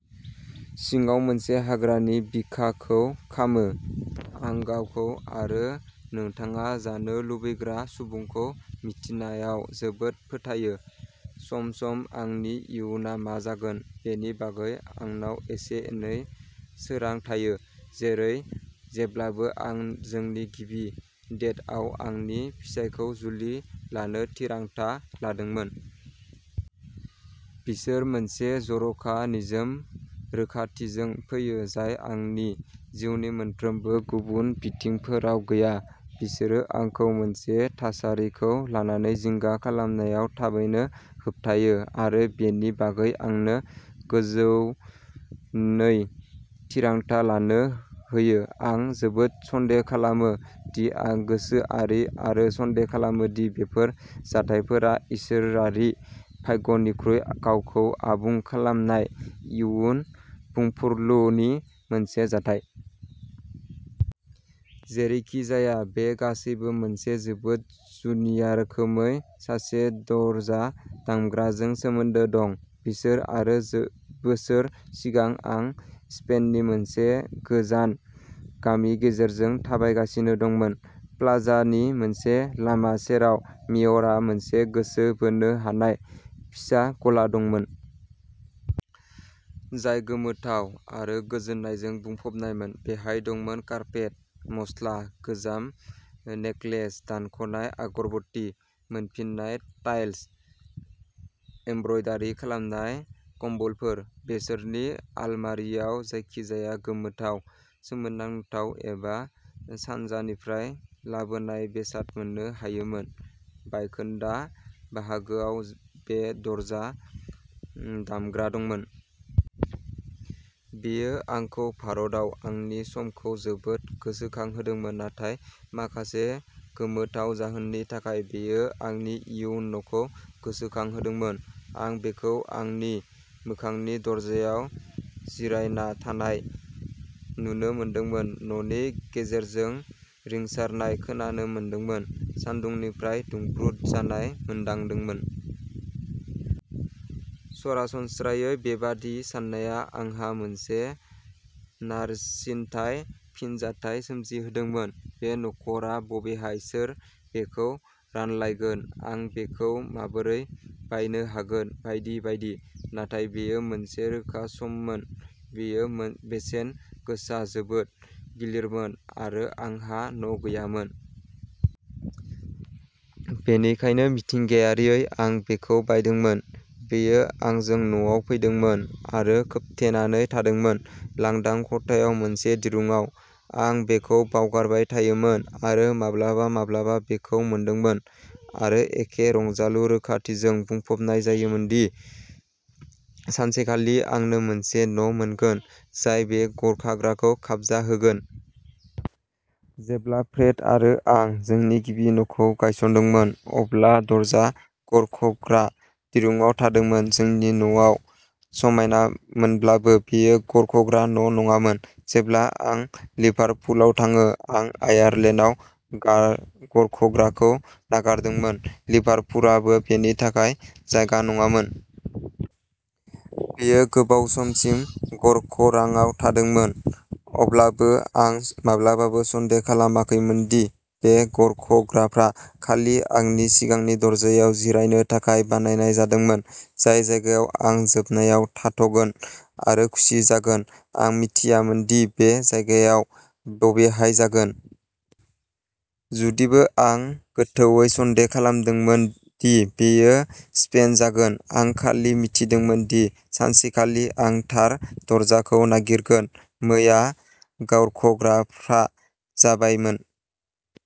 सिङाव मोनसे हाग्रानि बिखाखौ खामो। आं गावखौ आरो नोंथाङा जानो लुबैग्रा सुबुंखौ मिथिनायाव जोबोद फोथायो। सम-सम आंनि इयुना मा जागोन बेनि बागै आंनाव एसे-एनै सोरां थायो। जेरै जेब्लाबो आं जोंनि गिबि डेटआव आंनि फिसायखौ जुलि लानो थिरांथा लादोंमोन। बिसोर मोनसे जर'खा निजोम रोखाथिजों फैयो जाय आंनि जिउनि मोनफ्रोमबो गुबुन बिथिंफोराव गैया। बिसोरो आंखौ मोनसे थासारिखौ लानानै जिंगा खालामनायाव थाबैनो होबथायो। आरो बेनि बागै आंनो गोजौनै थिरांथा लानो होयो। आं जोबोद सन्देह खालामो दि आं गोसोआरि आरो सन्देह खालामो दि बेफोर जाथायफोरा इसोरारि भाग्यनिख्रुइ गावखौ आबुं खालामनाय इयुन बुंफुरलुनि मोनसे जाथाय। जेरैखिजाया बे गासैबो मोनसे जोबोद जुनिया रोखोमै सासे दरजा दामग्राजों सोमोन्दो दं। बिसोर आरो बोसोर सिगां आं स्पेननि मोनसे गोजान गामि गेजेरजों थाबायगासिनो दंमोन। प्लाजानि मोनसे लामा सेराव मेयरआ मोनसे गोसो बोनो हानाय फिसा गला दंमोन। जाय गोमोथाव आरो गोजोननायजों बुंफबनायमोन। बेहाय दंमोन कार्पेट, मस्ला, गोजाम नेकलेस, दानख'नाय अगरबत्ती, मोनफिननाय टाइल्स, एमब्रयदारि खालामनाय कम्बलफोर। बिसोरनि अलमारियाव जायखिजाया गोमोथाव, सोमोनांथाव एबा सानजानिफ्राय लाबोनाय बेसाद मोननो हायोमोन। बायखोन्दा बाहागोआव बे दरजा दामग्रा दंमोन। बेयो आंखौ भारतआव आंनि समखौ जोबोद गोसोखांहोदोंमोन नाथाय माखासे गोमोथाव जाहोननि थाखायबो बेयो आंनि इयुन न'खौ गोसोखांहोदोंमोन। आं बेखौ आंनि मोखांनि दरजायाव जिरायना थानाय नुनो मोनदोंमोन। न'नि गेजेरजों रिंसारनाय खोनानो मोनदोंमोन। सान्दुंनिफ्राय दुंब्रुद जानाय मोनदांदोंमोन। सरासनस्रायै बेबादि साननाया आंहा मोनसे नारसिनथाय फिनजाथाय सोमजिहोदोंमोन। बे नखरा बबेहाय सोर बेखौ रानलायगोन। आं बेखौ माबोरै बायनो हागोन बायदि बायदि नाथाय बेयो मोनसे रोखा सममोन। बेयो बेसेन गोसा जोबोद गिलिरमोन आरो आंहा न' गैयामोन। बेनिखायनो मिथिंगायारियै आं बेखौ बायदोंमोन। बेयो आंजों न'आव फैदोंमोन आरो खोबथेनानै थादोंमोन। लांदां खथायाव मोनसे दिरुंआव। आं बेखौ बावगारबाय थायोमोन आरो माब्लाबा माब्लाबा बेखौ मोनदोंमोन आरो एखे रंजालु रोखाथिजों बुंफबनाय जायोमोनदि सानसेखालि आंनो मोनसे न' मोनगोन जाय बे गरखाग्राखौ खाबजाहोगोन। जेब्ला फ्रेड आरो आं जोंनि गिबि न'खौ गायसनदोंमोन, अब्ला दरजा गरख'ग्रा दिरुंआव थादोंमोन। जोंनि न'आ समायनामोनब्लाबो बेयो गरख'ग्रा न' नङामोन। जेब्ला आं लिभारपुलआव थाङो आं आयारलेन्डआव गार गरख'ग्राखौ नागारदोंमोन। लिभारपुलाबो बेनि थाखाय जायगा नङामोन। बेयो गोबाव समसिम गरख'राङाव थादोंमोन। अब्लाबो आं माब्लाबाबो सन्देह खालामाखैमोन दि बे गरख'ग्राफ्रा खालि आंनि सिगांनि दरजायाव जिरायनो थाखाय बानायनाय जादोंमोन। जाय जायगायाव आं जोबनायाव थाथ'गोन आरो खुसि जागोन। आं मिथियामोन दि बे जायगायाव बबेहाय जागोन। जुदिबो आं गोथौवै सन्देह खालामदोंमोन दि बेयो स्पेन जागोन। आं खालि मिथिदोंमोन दि सानसेखालि आं थार दरजाखौ नागिरगोन। मैया गरख'ग्राफ्रा जाबायमोन।